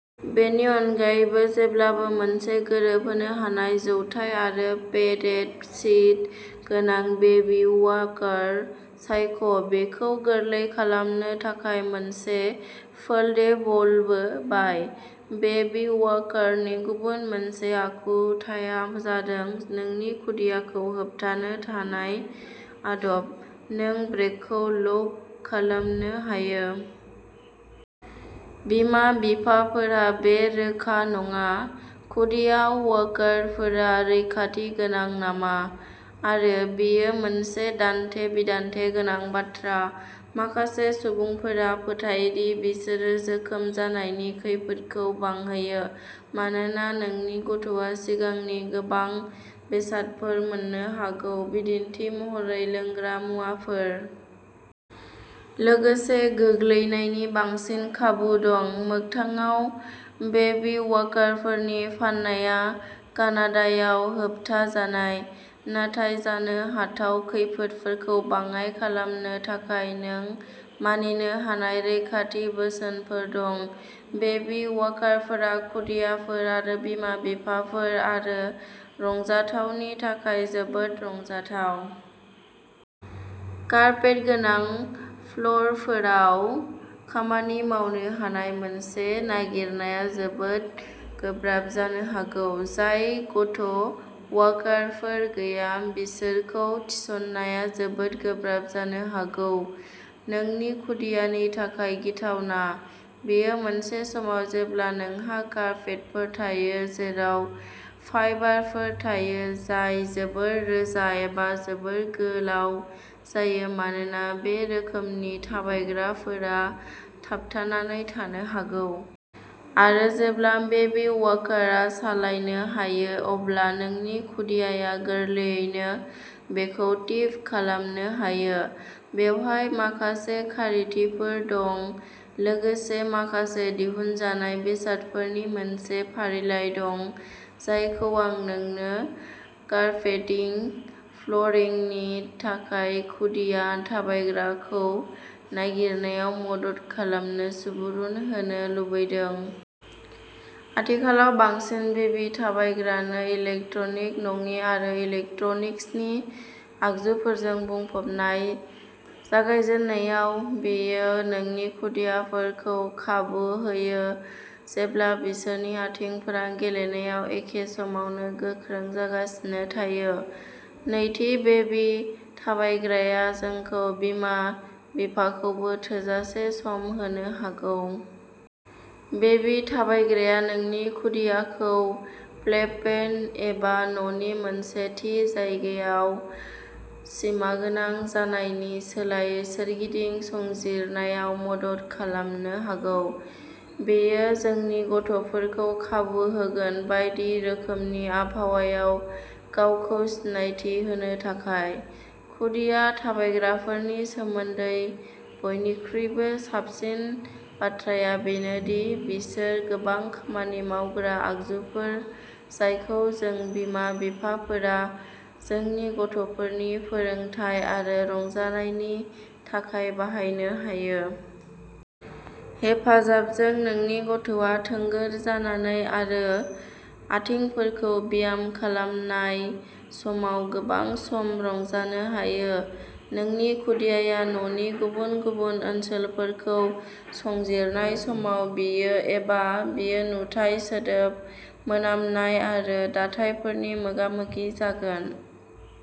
बेनि अनगायैबो, जेब्लाबो मोनसे गोरोबहोनो हानाय जौथाय आरो पेडेड सिट गोनां बेबी वाकार सायख'। बेखौ गोरलै खालामनो थाखाय मोनसे फोल्डेबलबो बाय। बेबी वाकारनि गुबुन मोनसे आखुथाया जादों नोंनि खुदियाखौ होबथानो हानाय आदब। नों ब्रेकखौ लक खालामनो हायो। बिमा-बिफाफोरहा बे रोखा नङाः खुदिया वाकारफोरा रैखाथि गोनां नामा? आरो बेयो मोनसे दान्थे-बिदान्थे गोनां बाथ्रा। माखासे सुबुंफोरा फोथायो दि बिसोरो जोखोम जानायनि खैफोदखौ बांहोयो मानोना नोंनि गथ'आ सिगांनि गोबां बेसादफोर मोननो हागौ, बिदिन्थि महरै लोंग्रा मुवाफोर। लोगोसे गोग्लैनायनि बांसिन खाबु दं। मोगथाङाव, बेबी वाकारफोरनि फाननाया कानाडायाव होबथाजानाय। नाथाय जानो हाथाव खैफोदफोरखौ बाङाइ खालामनो थाखाय नों मानिनो हानाय रैखाथि बोसोनफोर दं। बेबी वाकारफोरा खुदियाफोर आरो बिमा-बिफाफोर आरो रंजाथावनि थाखाय जोबोद रंजाथाव। कारपेट गोनां फ्ल'रफोराव खामानि मावनो हानाय मोनसे नागिरनाया जोबोद गोब्राब जानो हागौ। जाय गथ'वाकारफोर गैया, बिसोरखौ थिसननाया जोबोद गोब्राब जानो हागौ। नोंनि खुदियानि थाखाय गिथावना। बेयो मोनसे समाव जेब्ला नोंहा कार्पेटफोर थायो जेराव फाइबारफोर थायो जाय जोबोद रोजा एबा जोबोद गोलाव जायो मानोना बे रोखोमनि थाबायग्राफोरा थाबथानानै थानो हागौ। आरो जेब्ला बेबी वाकारआ सालायनो हायो, अब्ला नोंनि खुदियाया गोरलैयैनो बेखौ टिप खालामनो हायो। बेवहाय माखासे खारिथिफोर दं, लोगोसे माखासे दिहुनजानाय बेसादफोरनि मोनसे फारिलाइ दं जायखौ आं नोंनो कार्पेटिं फ्ल'रिंनि थाखाय खुदिया थाबायग्राखौ नागिरनायाव मदद खालामनो सुबुरुन होनो लुबैदों। आथिखालाव, बांसिन बेबी थाबायग्रानो इलेक्ट्रनिक नङि आरो इलेक्ट्रनिक्सनि आगजुफोरजों बुंफबनाय। जागायजेननायाव, बेयो नोंनि खुदियाफोरखौ खाबु होयो जेब्ला बिसोरनि आथिंफोरा गेलेनायाव एखे समावनो गोख्रों जागासिनो थायो। नैथि, बेबी थाबायग्राया जोंखौ, बिमा-बिफाखौबो थोजासे सम होनो हागौ। बेबी थाबायग्राया नोंनि खुदियाखौ प्लेपेन एबा न'नि मोनसे थि जायगायाव सिमागोनां जानायनि सोलायै सोरगिदिं संजिरनायाव मदद खालामनो हागौ। बेयो जोंनि गथ'फोरखौ खाबु होगोन। बायदि रोखोमनि आबहावायाव गावखौ सिनायथि होनो थाखाय। खुदिया थाबायग्राफोरनि सोमोन्दै बयनिख्रुइबो साबसिन बाथ्राया बेनो दि बिसोर गोबां खामानि मावग्रा आगजुफोर जायखौ जों बिमा-बिफाफोरा जोंनि गथ'फोरनि फोरोंथाय आरो रंजानायनि थाखाय बाहायनो हायो। हेफाजाबजों, नोंनि गथ'आ थोंगोर जानानै आरो आथिंफोरखौ ब्याम खालामनाय समाव गोबां सम रंजानो हायो। नोंनि खुदियाया न'नि गुबुन गुबुन ओनसोलफोरखौ संजिरनाय समाव, बियो एबा बियो नुथाय, सोदोब, मोनामनाय आरो दाथायफोरनि मोगामोगि जागोन।